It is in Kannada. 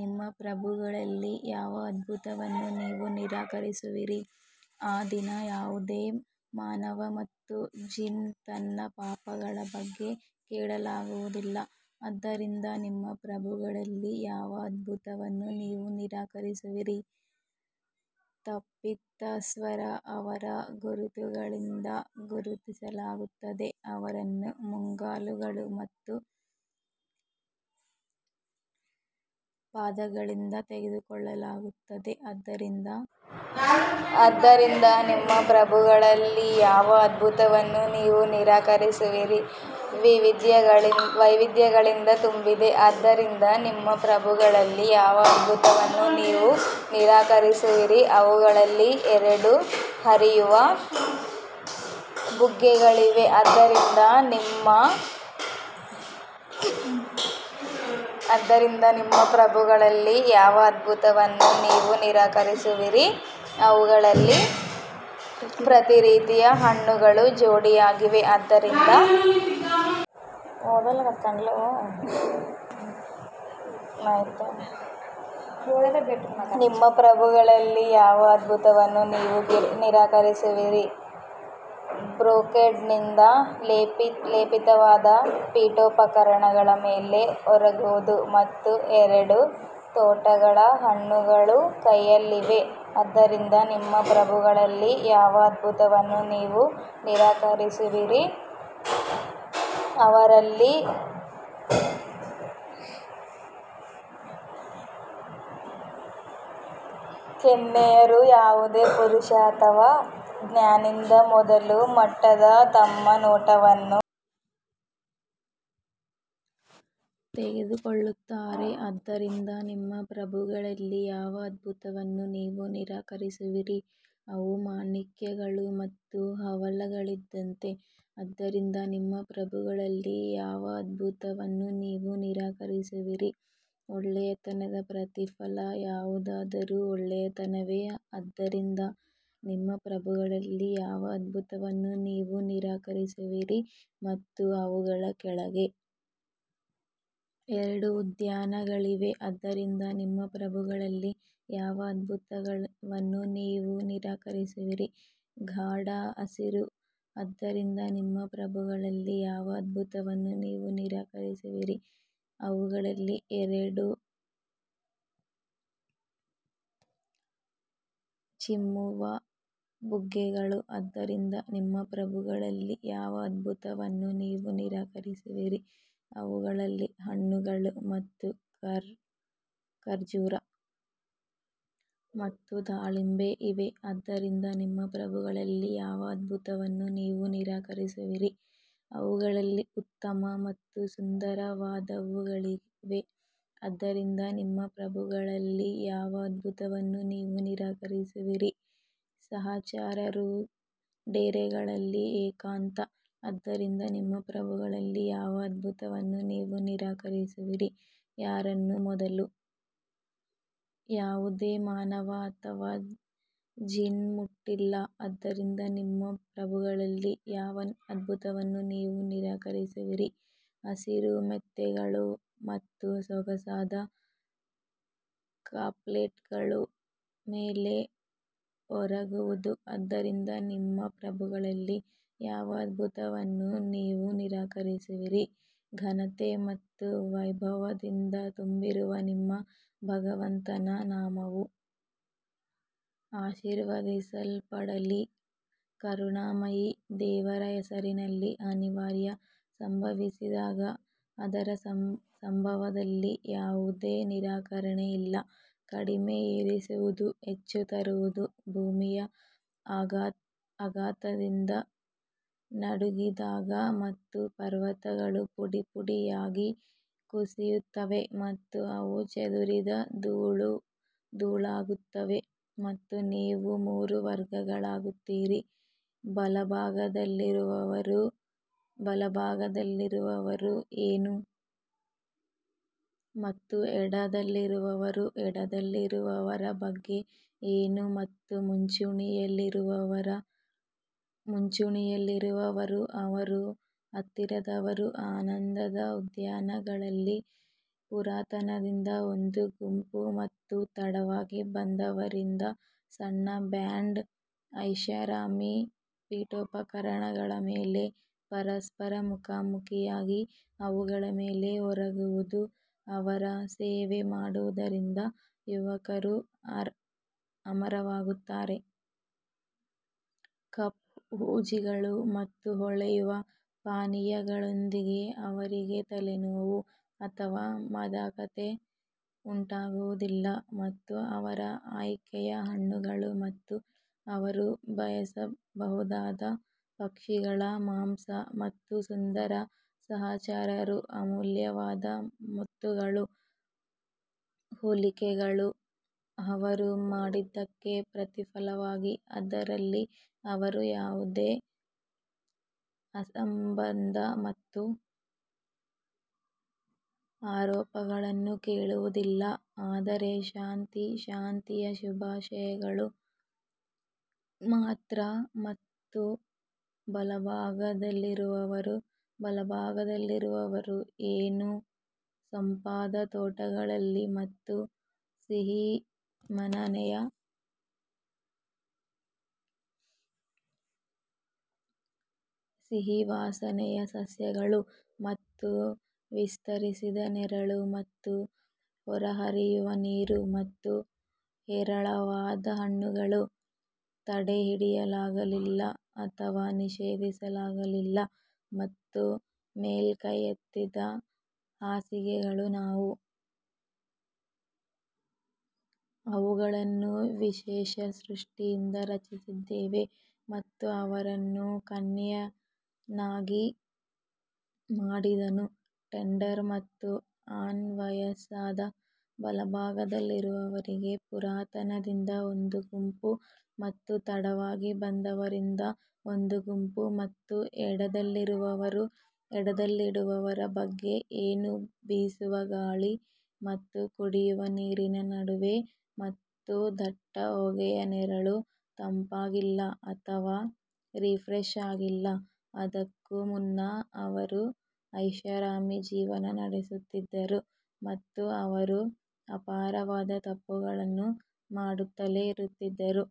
ನಿಮ್ಮ ಪ್ರಭುಗಳಲ್ಲಿ ಯಾವ ಅದ್ಭುತವನ್ನು ನೀವು ನಿರಾಕರಿಸುವಿರಿ ಆ ದಿನ ಯಾವುದೇ ಮಾನವ ಮತ್ತು ಜಿನ್ ತನ್ನ ಪಾಪಗಳ ಬಗ್ಗೆ ಕೇಳಲಾಗುವುದಿಲ್ಲ ಆದ್ದರಿಂದ ನಿಮ್ಮ ಪ್ರಭುಗಳಲ್ಲಿ ಯಾವ ಅದ್ಭುತವನ್ನು ನೀವು ನಿರಾಕರಿಸುವಿರಿ ತಪ್ಪಿತಸ್ಥರನ್ನು ಅವರ ಗುರುತುಗಳಿಂದ ಗುರುತಿಸಲಾಗುತ್ತದೆ, ಅವರನ್ನು ಮುಂಗಾಲುಗಳು ಮತ್ತು ಪಾದಗಳಿಂದ ತೆಗೆದುಕೊಳ್ಳಲಾಗುತ್ತದೆ ಆದ್ದರಿಂದ ಆದ್ದರಿಂದ ನಿಮ್ಮ ಪ್ರಭುಗಳಲ್ಲಿ ಯಾವ ಅದ್ಭುತವನ್ನು ನೀವು ನಿರಾಕರಿಸುವಿರಿ ವೈವಿಧ್ಯಗಳಿಂದ ತುಂಬಿದೆ ಆದ್ದರಿಂದ ನಿಮ್ಮ ಪ್ರಭುಗಳಲ್ಲಿ ಯಾವ ಅದ್ಭುತವನ್ನು ನೀವು ನಿರಾಕರಿಸುವಿರಿ ಅವುಗಳಲ್ಲಿ ಎರಡು ಹರಿಯುವ ಬುಗ್ಗೆಗಳಿವೆ ಆದ್ದರಿಂದ ನಿಮ್ಮ ಪ್ರಭುಗಳಲ್ಲಿ ಯಾವ ಅದ್ಭುತವನ್ನು ನೀವು ನಿರಾಕರಿಸುವಿರಿ ಅವುಗಳಲ್ಲಿ ಪ್ರತಿ ರೀತಿಯ ಹಣ್ಣುಗಳು ಜೋಡಿಯಾಗಿವೆ ಆದ್ದರಿಂದ ನಿಮ್ಮ ಪ್ರಭುಗಳಲ್ಲಿ ಯಾವ ಅದ್ಭುತವನ್ನು ನೀವು ನಿರಾಕರಿಸುವಿರಿ ಬ್ರೊಕೇಡ್ನಿಂದ ಲೇಪಿತವಾದ ಪೀಠೋಪಕರಣಗಳ ಮೇಲೆ ಒರಗುವುದು ಮತ್ತು ಎರಡು ತೋಟಗಳ ಹಣ್ಣುಗಳು ಕೈಯಲ್ಲಿವೆ ಆದ್ದರಿಂದ ನಿಮ್ಮ ಪ್ರಭುಗಳಲ್ಲಿ ಯಾವ ಅದ್ಭುತವನ್ನು ನೀವು ನಿರಾಕರಿಸುವಿರಿ ಅವರಲ್ಲಿ ಕನ್ಯೆಯರು ಯಾವುದೇ ಪುರುಷ ಅಥವಾ ಜಿನ್ನಿಂದ ಮೊದಲು ಮುಟ್ಟದೆ ತಮ್ಮ ನೋಟವನ್ನು ತಡೆದುಕೊಳ್ಳುತ್ತಾರೆ ಆದ್ದರಿಂದ ನಿಮ್ಮ ಪ್ರಭುಗಳಲ್ಲಿ ಯಾವ ಅದ್ಭುತವನ್ನು ನೀವು ನಿರಾಕರಿಸುವಿರಿ ಅವು ಮಾಣಿಕ್ಯಗಳು ಮತ್ತು ಹವಳಗಳಿದ್ದಂತೆ ಆದ್ದರಿಂದ ನಿಮ್ಮ ಪ್ರಭುಗಳಲ್ಲಿ ಯಾವ ಅದ್ಭುತವನ್ನು ನೀವು ನಿರಾಕರಿಸುವಿರಿ ಒಳ್ಳೆಯತನದ ಪ್ರತಿಫಲ ಯಾವುದಾದರೂ ಒಳ್ಳೆಯತನವೇ ಆದ್ದರಿಂದ ನಿಮ್ಮ ಪ್ರಭುಗಳಲ್ಲಿ ಯಾವ ಅದ್ಭುತವನ್ನು ನೀವು ನಿರಾಕರಿಸುವಿರಿ ಮತ್ತು ಅವುಗಳ ಕೆಳಗೆ ಎರಡು ಉದ್ಯಾನಗಳಿವೆ ಆದ್ದರಿಂದ ನಿಮ್ಮ ಪ್ರಭುಗಳಲ್ಲಿ ಯಾವ ಅದ್ಭುತವನ್ನು ನೀವು ನಿರಾಕರಿಸುವಿರಿ ಗಾಢ ಹಸಿರು ಆದ್ದರಿಂದ ನಿಮ್ಮ ಪ್ರಭುಗಳಲ್ಲಿ ಯಾವ ಅದ್ಭುತವನ್ನು ನೀವು ನಿರಾಕರಿಸುವಿರಿ ಅವುಗಳಲ್ಲಿ ಎರಡು ಚಿಮ್ಮುವ ಬುಗ್ಗೆಗಳು ಆದ್ದರಿಂದ ನಿಮ್ಮ ಪ್ರಭುಗಳಲ್ಲಿ ಯಾವ ಅದ್ಭುತವನ್ನು ನೀವು ನಿರಾಕರಿಸುವಿರಿ ಅವುಗಳಲ್ಲಿ ಹಣ್ಣುಗಳು ಮತ್ತು ಖರ್ಜೂರ ಮತ್ತು ದಾಳಿಂಬೆ ಇವೆ ಆದ್ದರಿಂದ ನಿಮ್ಮ ಪ್ರಭುಗಳಲ್ಲಿ ಯಾವ ಅದ್ಭುತವನ್ನು ನೀವು ನಿರಾಕರಿಸುವಿರಿ ಅವುಗಳಲ್ಲಿ ಉತ್ತಮ ಮತ್ತು ಸುಂದರವಾದವುಗಳಿವೆ ಆದ್ದರಿಂದ ನಿಮ್ಮ ಪ್ರಭುಗಳಲ್ಲಿ ಯಾವ ಅದ್ಭುತವನ್ನು ನೀವು ನಿರಾಕರಿಸುವಿರಿ ಸಹಚರರು ಡೇರೆಗಳಲ್ಲಿ ಏಕಾಂತ ಆದ್ದರಿಂದ ನಿಮ್ಮ ಪ್ರಭುಗಳಲ್ಲಿ ಯಾವ ಅದ್ಭುತವನ್ನು ನೀವು ನಿರಾಕರಿಸುವಿರಿ ಯಾರನ್ನು ಮೊದಲು ಯಾವುದೇ ಮಾನವ ಅಥವಾ ಜಿನ್ ಮುಟ್ಟಿಲ್ಲ ಆದ್ದರಿಂದ ನಿಮ್ಮ ಪ್ರಭುಗಳಲ್ಲಿ ಯಾವ ಅದ್ಭುತವನ್ನು ನೀವು ನಿರಾಕರಿಸುವಿರಿ ಹಸಿರು ಮೆತ್ತೆಗಳು ಮತ್ತು ಸೊಗಸಾದ ಕಾರ್ಪೆಟ್ಗಳ ಮೇಲೆ ಒರಗುವುದು ಆದ್ದರಿಂದ ನಿಮ್ಮ ಪ್ರಭುಗಳಲ್ಲಿ ಯಾವ ಅದ್ಭುತವನ್ನು ನೀವು ನಿರಾಕರಿಸುವಿರಿ ಘನತೆ ಮತ್ತು ವೈಭವದಿಂದ ತುಂಬಿರುವ ನಿಮ್ಮ ಭಗವಂತನ ನಾಮವು ಆಶೀರ್ವದಿಸಲ್ಪಡಲಿ ಕರುಣಾಮಯಿ ದೇವರ ಹೆಸರಿನಲ್ಲಿ ಅನಿವಾರ್ಯ ಸಂಭವಿಸಿದಾಗ ಅದರ ಸಂಭವದಲ್ಲಿ ಯಾವುದೇ ನಿರಾಕರಣೆ ಇಲ್ಲ ಕಡಿಮೆ ಏರಿಸುವುದು ಹೆಚ್ಚು ತರುವುದು ಭೂಮಿಯು ಆಘಾತದಿಂದ ನಡುಗಿದಾಗ ಮತ್ತು ಪರ್ವತಗಳು ಪುಡಿಪುಡಿಯಾಗಿ ಕುಸಿಯುತ್ತವೆ ಮತ್ತು ಅವು ಚದುರಿದ ಧೂಳಾಗುತ್ತವೆ ಮತ್ತು ನೀವು ಮೂರು ವರ್ಗಗಳಾಗುತ್ತೀರಿ ಬಲಭಾಗದಲ್ಲಿರುವವರು ಬಲಭಾಗದಲ್ಲಿರುವವರು ಏನು ಮತ್ತು ಎಡದಲ್ಲಿರುವವರು ಎಡದಲ್ಲಿರುವವರ ಬಗ್ಗೆ ಏನು ಮತ್ತು ಮುಂಚೂಣಿಯಲ್ಲಿರುವವರು ಮುಂಚೂಣಿಯಲ್ಲಿರುವವರು ಅವರು ಹತ್ತಿರದವರು ಆನಂದದ ಉದ್ಯಾನಗಳಲ್ಲಿ ಪುರಾತನರಿಂದ ಒಂದು ಗುಂಪು ಮತ್ತು ತಡವಾಗಿ ಬಂದವರಿಂದ ಸಣ್ಣ ಬ್ಯಾಂಡ್ ಐಷಾರಾಮಿ ಪೀಠೋಪಕರಣಗಳ ಮೇಲೆ ಪರಸ್ಪರ ಮುಖಾಮುಖಿಯಾಗಿ ಅವುಗಳ ಮೇಲೆ ಒರಗುವುದು ಅವರ ಸೇವೆ ಮಾಡುವುದರಿಂದ ಯುವಕರು ಅಮರರಾಗುತ್ತಾರೆ ಕಪ್ ಹೂಜಿಗಳು ಮತ್ತು ಹೊಳೆಯುವ ಪಾನೀಯಗಳೊಂದಿಗೆ ಅವರಿಗೆ ತಲೆನೋವು ಅಥವಾ ಮಾದಕತೆ ಉಂಟಾಗುವುದಿಲ್ಲ ಮತ್ತು ಅವರ ಆಯ್ಕೆಯ ಹಣ್ಣುಗಳು ಮತ್ತು ಅವರು ಬಯಸಬಹುದಾದ ಪಕ್ಷಿಗಳ ಮಾಂಸ ಮತ್ತು ಸುಂದರ ಸಹಚರರು ಅಮೂಲ್ಯವಾದ ಮುತ್ತುಗಳ ಹೋಲಿಕೆಗಳು ಅವರು ಮಾಡಿದ್ದಕ್ಕೆ ಪ್ರತಿಫಲವಾಗಿ ಅದರಲ್ಲಿ ಅವರು ಯಾವುದೇ ಅಸಂಬದ್ಧ ಮತ್ತು ಆರೋಪಗಳನ್ನು ಕೇಳುವುದಿಲ್ಲ ಆದರೆ ಶಾಂತಿ ಶಾಂತಿಯ ಶುಭಾಶಯಗಳು ಮಾತ್ರ ಮತ್ತು ಬಲಭಾಗದಲ್ಲಿರುವವರು ಬಲಭಾಗದಲ್ಲಿರುವವರು ಏನು ಸೊಂಪಾದ ತೋಟಗಳಲ್ಲಿ ಮತ್ತು ಸಿಹಿ ವಾಸನೆಯ ಸಸ್ಯಗಳು ಮತ್ತು ವಿಸ್ತರಿಸಿದ ನೆರಳು ಮತ್ತು ಹೊರಹರಿಯುವ ನೀರು ಮತ್ತು ಹೇರಳವಾದ ಹಣ್ಣುಗಳು ತಡೆಹಿಡಿಯಲಾಗಿಲ್ಲ ಅಥವಾ ನಿಷೇಧಿಸಲಾಗಿಲ್ಲ ಮತ್ತು ಮೇಲಕ್ಕೆತ್ತಿದ ಹಾಸಿಗೆಗಳು ನಾವು ಅವುಗಳನ್ನು ವಿಶೇಷ ಸೃಷ್ಟಿಯಿಂದ ರಚಿಸಿದ್ದೇವೆ ಮತ್ತು ಅವರನ್ನು ಕನ್ಯೆಯನ್ನಾಗಿ ಮಾಡಿದನು ಟೆಂಡರ್ ಮತ್ತು ಅನ್ ವಯಸ್ಸಾದ ಬಲಭಾಗದಲ್ಲಿರುವವರಿಗೆ ಪುರಾತನರಿಂದ ಒಂದು ಗುಂಪು ಮತ್ತು ತಡವಾಗಿ ಬಂದವರಿಂದ ಒಂದು ಗುಂಪು ಮತ್ತು ಎಡದಲ್ಲಿರುವವರು ಎಡದಲ್ಲಿರುವವರ ಬಗ್ಗೆ ಏನು ಬೀಸುವ ಗಾಳಿ ಮತ್ತು ಕುದಿಯುವ ನೀರಿನ ನಡುವೆ ಮತ್ತು ದಟ್ಟ ಹೊಗೆಯ ನೆರಳು ತಂಪಾಗಿಲ್ಲ ಅಥವಾ ರಿಫ್ರೆಶ್ ಆಗಿಲ್ಲ ಅದಕ್ಕೂ ಮುನ್ನ ಅವರು ಐಷಾರಾಮಿ ಜೀವನ ನಡೆಸುತ್ತಿದ್ದರು ಮತ್ತು ಅವರು ಅಪಾರವಾದ ತಪ್ಪುಗಳನ್ನು ಮಾಡುತ್ತಲೇ ಇರುತ್ತಿದ್ದರು.